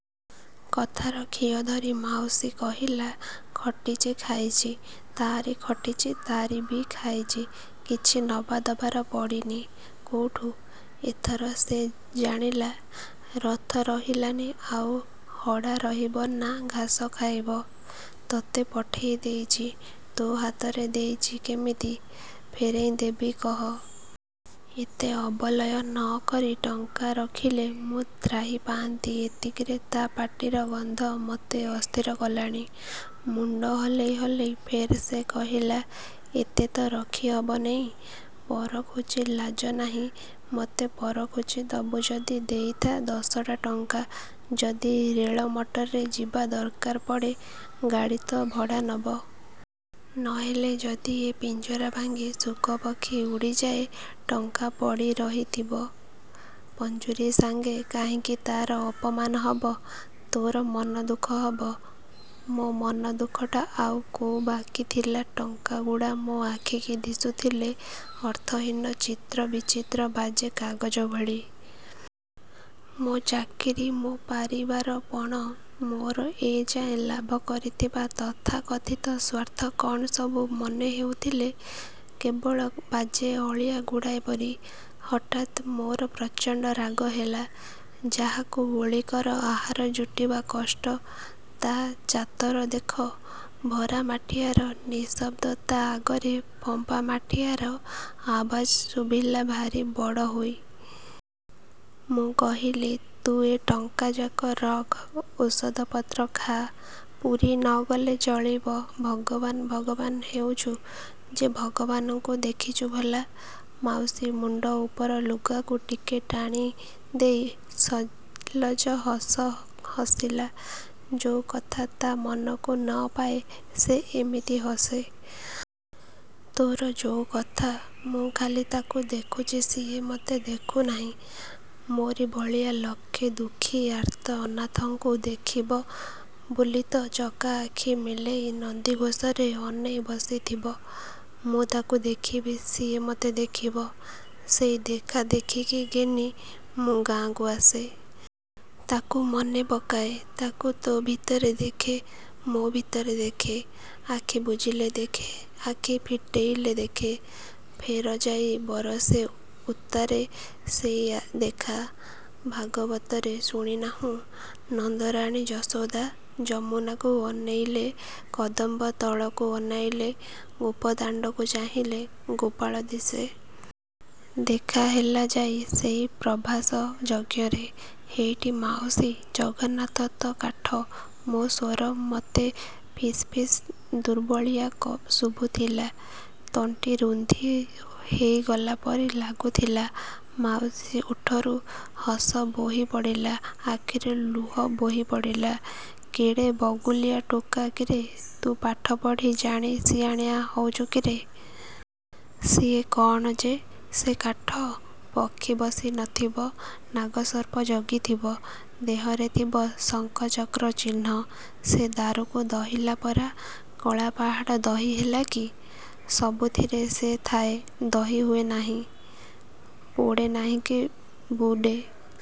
କଥାର ଖିଅ ଧରି ମାଉସୀ କହିଲା ଖଟିଚି ଖାଇଚି... ତାଆରି ଖଟିଚି ତାଆରି ବି ଖାଇଚି କିଛି ନବା ଦରକାର ପଡ଼ିନି, କୋଉଠୁ। ଏଥର ସେ ଜାଣିଲା, ରଥ ରହିଲାଣି ଆଉ ହଡ଼ା ଉଠିବ ନାଁ ଘାସ ଖାଇବ। ତତେ ପଠେଇ ଦେଇଚି ତୋ ହାତରେ ଦେଇଚି କେମିତି ଫେରେଇଁ ଦେବି କହ? ଏତେ ଅବଲୟ ନକରି ଟଙ୍କା ରଖିଲେ ମୁଁ ତ୍ରାହି ପାଆନ୍ତି ଏତିକିରେ ତା' ପାଟିର ଗନ୍ଧ ମତେ ଅସ୍ଥିର କଲାଣି। ମୁଣ୍ଡ ହଲେଇ ହଲେଇ ଫେର୍ ସେ କହିଲା ଏତେ ତ ରଖି ହବ ନେଇ। ପରଖୁଚି ଲାଜ ନାହିଁ ମତେ ପରଖୁଚି ଦବୁ ଯଦି ଦେଇଥା ଦଶଟା ଟଙ୍କା ଯଦି ରେଳ ମଟରରେ ଯିବା ଦରକାର ପଡ଼େ ଗାଡ଼ି ତ ଭଡ଼ାନବ। ନହେଲେ ଯଦି ଏ ପିଞ୍ଜରା ଭାଙ୍ଗି ଶୁକପକ୍ଷୀ ଉଡ଼ିଯାଏ ଟଙ୍କା ପଡ଼ି ରହିଥିବ, ପଞ୍ଜୁରୀ ସାଙ୍ଗେ କାହିଁକି ତା'ର ଅପମାନ ହବ ତୋର ମନ ଦୁଃଖ ହବ। ମୋ ମନ ଦୁଃଖଟା ଆଉ କୋଉ ବାକି ଥିଲା ଟଙ୍କା ଗୁଡ଼ା ମୋ ଆଖିକି ଦିଶୁଥିଲେ ଅର୍ଥହୀନ ଚିତ୍ର ବିଚିତ୍ର ବାଜେ କାଗଜ ଭଳି। ମୋ ଚାକିରି ମୋ ପାରିବାରପଣ ମୋର ଏ ଯାଏ ଲାଭ କରିଥିବା ତଥାକଥିତ ସ୍ୱାର୍ଥ କ'ଣ ସବୁ ମନେ ହେଉଥିଲେ କେବଳ ବାଜେ– ଅଳିଆ ଗୁଡ଼ାଏ ପରି। ହଠାତ ମୋର ପ୍ରଚଣ୍ଡ ରାଗ ହେଲା। ଯାହାକୁ ଓଳିକର ଆହାର ଯୁଟିବା କଷ୍ଟ ତା'ଚାତର ଦେଖ। ଭରା ମାଠିଆର ନିଃଶବ୍ଦତା ଆଗରେ ଫମ୍ପା ମାଠିଆର ଆଓ୍ୱାଜ୍ ଶୁଭିଲା ଭାରି ବଡ଼ ହେଇ। ମୁଁ କହିଲି ତୁ ଏ ଟଙ୍କା ଯାକ ରଖ ଓଷଧ ପତ୍ର ଖାଆ... ପୁରୀ ନଗଲେ ଚଳିବ ଭଗବାନ ଭଗବାନ, ହେଉଚୁ ଯେ ଭଗବାନଙ୍କୁ ଦେଖିଚୁ ଭଲା? ମାଉସୀ ମୁଣ୍ଡ ଉପର ଲୁଗାକୁ ଟିକେ ଟାଣି ଦେଇ ସଲ୍ଲଜ ହସ ହସିଲା ଯୋଉ କଥା ତା' ମନକୁ ନପାଏ ସେ ଏମିତି ହସେ। ତୋର ଯୋଉ କଥା ମୁଁ ଖାଲି ତାକୁ ଦେଖୁଚି ସିଏ ମତେ ଦେଖୁ ନାହିଁ? ମୋରି ଭଳିଆ ଲକ୍ଷେ ଦୁଃଖୀ ଆର୍ତ୍ତ ଅନାଥଙ୍କୁ ଦେଖିବ ବୋଲିତ ଚକା ଆଖି ମେଲେଇ ନନ୍ଦୀଘୋଷରେ ଅନେଇ ବସିଥିବ। ମୁଁ ତାକୁ ଦେଖିବି ସିଏ ମତେ ଦେଖିବ। ସେଇ ଦେଖା ଦେଖିକି ଘିନି ମୁଁ ଗାଆଁକୁ ଆସେ। ତାକୁ ମନେ ପକାଏ, ତାକୁ ତୋ ଭିତରେ ଦେଖେ ମୋ ଭିତରେ ଦେଖେ। ଆଖି ବୁଜିଲେ ଦେଖେ ଆଖି ଫିଟେଇଲେ ଦେଖେ। ଫେର ଯାଇ ବରଷେ ଉତ୍ତାରେ ସେଇ ଦେଖା। ଭାଗବତରେ ଶୁଣିନାହୁଁ ନନ୍ଦରାଣୀ ଯଶୋଦା, ଯମୁନାକୁ ଅନେଇଲେ, କଦମ୍ବ ତଳକୁ ଅନେଇଲେ, ଗୋପଦାଣ୍ଡକୁ ଚାହିଁଲେ ଗୋପାଳ ଦିଶେ। ଦେଖା ହେଲା ଯାଇ ସେଇ ପ୍ରଭାସ– ଯଜ୍ଞରେ। ହେଇଟି ମାଉସୀ ଜଗନ୍ନାଥ ତ କାଠ... ମୋ ସ୍ୱର ମତେ ଫିସ୍ ଫିସ୍ ଦୁର୍ବଳିୟା ଶୁଭୁଥିଲା। ତଣ୍ଟି ରୁନ୍ଧି ହେଇଗଲା ପରି ଲାଗୁଥିଲା। ମାଉସୀ ଓଠରୁ ହସ ବୋହି ପଡ଼ିଲା, ଆଖିରୁ ଲୁହ ବୋହି ପଡ଼ିଲା କେଡ଼େ ବଗୁଲିଆ ଟୋକା କିରେ ତୁ ପାଠପଢ଼ି ଜାଣି ଶିଆଣା ହଉଚୁ କିରେ? ସିଏ କ'ଣ ଯେ ସେ କାଠ? ପକ୍ଷୀ ବସି ନଥିବ, ନାଗସର୍ପ ଜଗି ଥିବ, ଦେହରେ ଥିବ ଶଂଖ ଚକ୍ର ଚିହ୍ନ ସେ ଦାରୁକୁ ଦହୀଲା ପରା କଳାପାହାଡ଼ ଦହୀ ହେଲା କି? ସବୁଥିରେ ସେ ଥାଏ ଦହୀ ହୁଏ ନାହିଁ। ପୋଡ଼େ ନାହିଁକି ବୁଡ଼େ